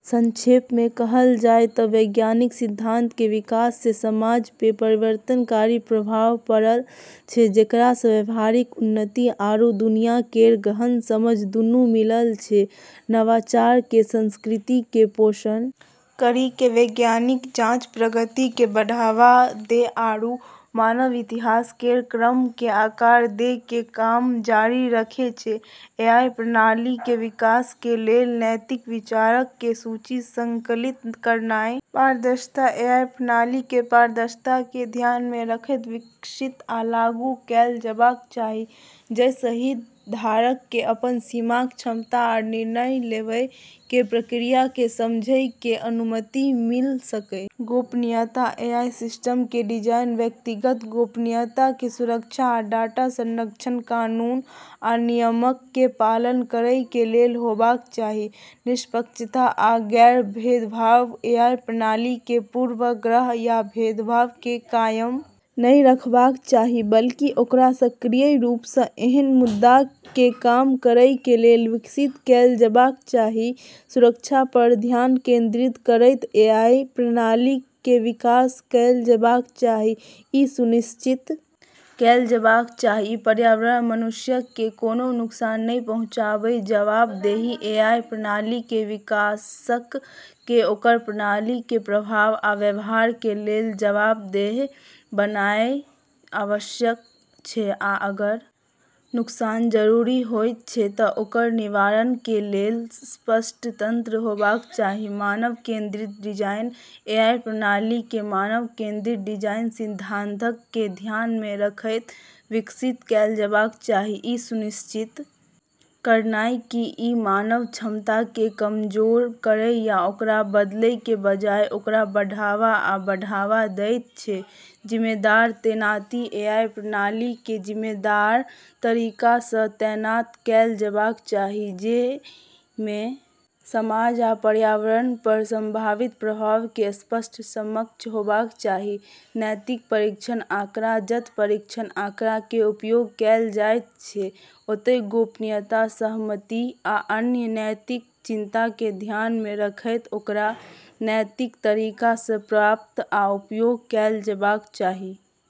संक्षेप में कहलऽ जाय ते वैज्ञानिक सिद्धांतऽ के विकास से समाज पे परिवर्तनकारी प्रभाव पड़लऽ छै जेकरा से व्यावहारिक उन्नति आरू दुनिया केरऽ गहन समझ दूनू मिललऽ छै, नवाचार के संस्कृति के पोषण करी के वैज्ञानिक जांच प्रगति के बढ़ावा दै आरू मानव इतिहास केरऽ क्रम के आकार दै के काम जारी रखै छै, एआई प्रणाली कें विकास कें लेल नैतिक विचारक कें सूची संकलित करनाय, पारदर्शिता एआई प्रणाली कें पारदर्शिता कें ध्यान मे रखयत विकसित आ लागू कैल जेबाक चाही, जइ सं हितधारक कें अपन सीमाक, क्षमता आ निर्णय लेवय कें प्रक्रिया कें समझय कें अनुमति मिल सकय, गोपनीयता एआई सिस्टम कें डिजाइन व्यक्तिगत गोपनीयता कें सुरक्षा आ डाटा संरक्षण कानून आ नियमक कें पालन करय कें लेल होबाक चाही, निष्पक्षता आ गैर-भेदभाव एआई प्रणाली कें पूर्वाग्रह या भेदभाव कें कायम नहि रखबाक चाही बल्कि ओकरा सक्रिय रूप सं ऐहन मुद्दाक कें कम करय कें लेल विकसित कैल जेबाक चाही, सुरक्षा पर ध्यान केंद्रित करयत एआई प्रणालीक कें विकास कैल जेबाक चाही, इ सुनिश्चित कैल जेबाक चाही की इ पर्यावरण या मनुष्यक कें कोनों नुकसान नहि पहुंचाबय, जवाबदेही एआई प्रणाली कें विकासक कें ओकर प्रणाली कें प्रभाव आ व्यवहार कें लेल जवाबदेह बनानाय आवश्यक छै आ अगर नुकसान जरूर होयत छै त ओकर निवारण कें लेल स्पष्ट तंत्र होबाक चाही, मानव केंद्रित डिजाइन एआई प्रणाली कें मानव केंद्रित डिजाइन सिद्धांतक कें ध्यान मे रखयत विकसित कैल जेबाक चाही, इ सुनिश्चित करनाय की इ मानव क्षमता कें कमजोर करय या ओकरा बदलय कें बजाय ओकरा बढ़ावा आ बढ़ावा देयत छै, जिम्मेदार तैनाती एआई प्रणाली कें जिम्मेदार तरीका सं तैनात कैल जेबाक चाही, जइ मे समाज आ पर्यावरण पर संभावित प्रभाव कें स्पष्ट समझ होबाक चाही, नैतिक प्रशिक्षण आंकड़ा जत प्रशिक्षण आंकड़ा कें उपयोग कैल जायत छै ओतय गोपनीयता, सहमति आ अन्य नैतिक चिंता कें ध्यान मे रखयत ओकरा नैतिक तरीका सं प्राप्त आ उपयोग कैल जेबाक चाही।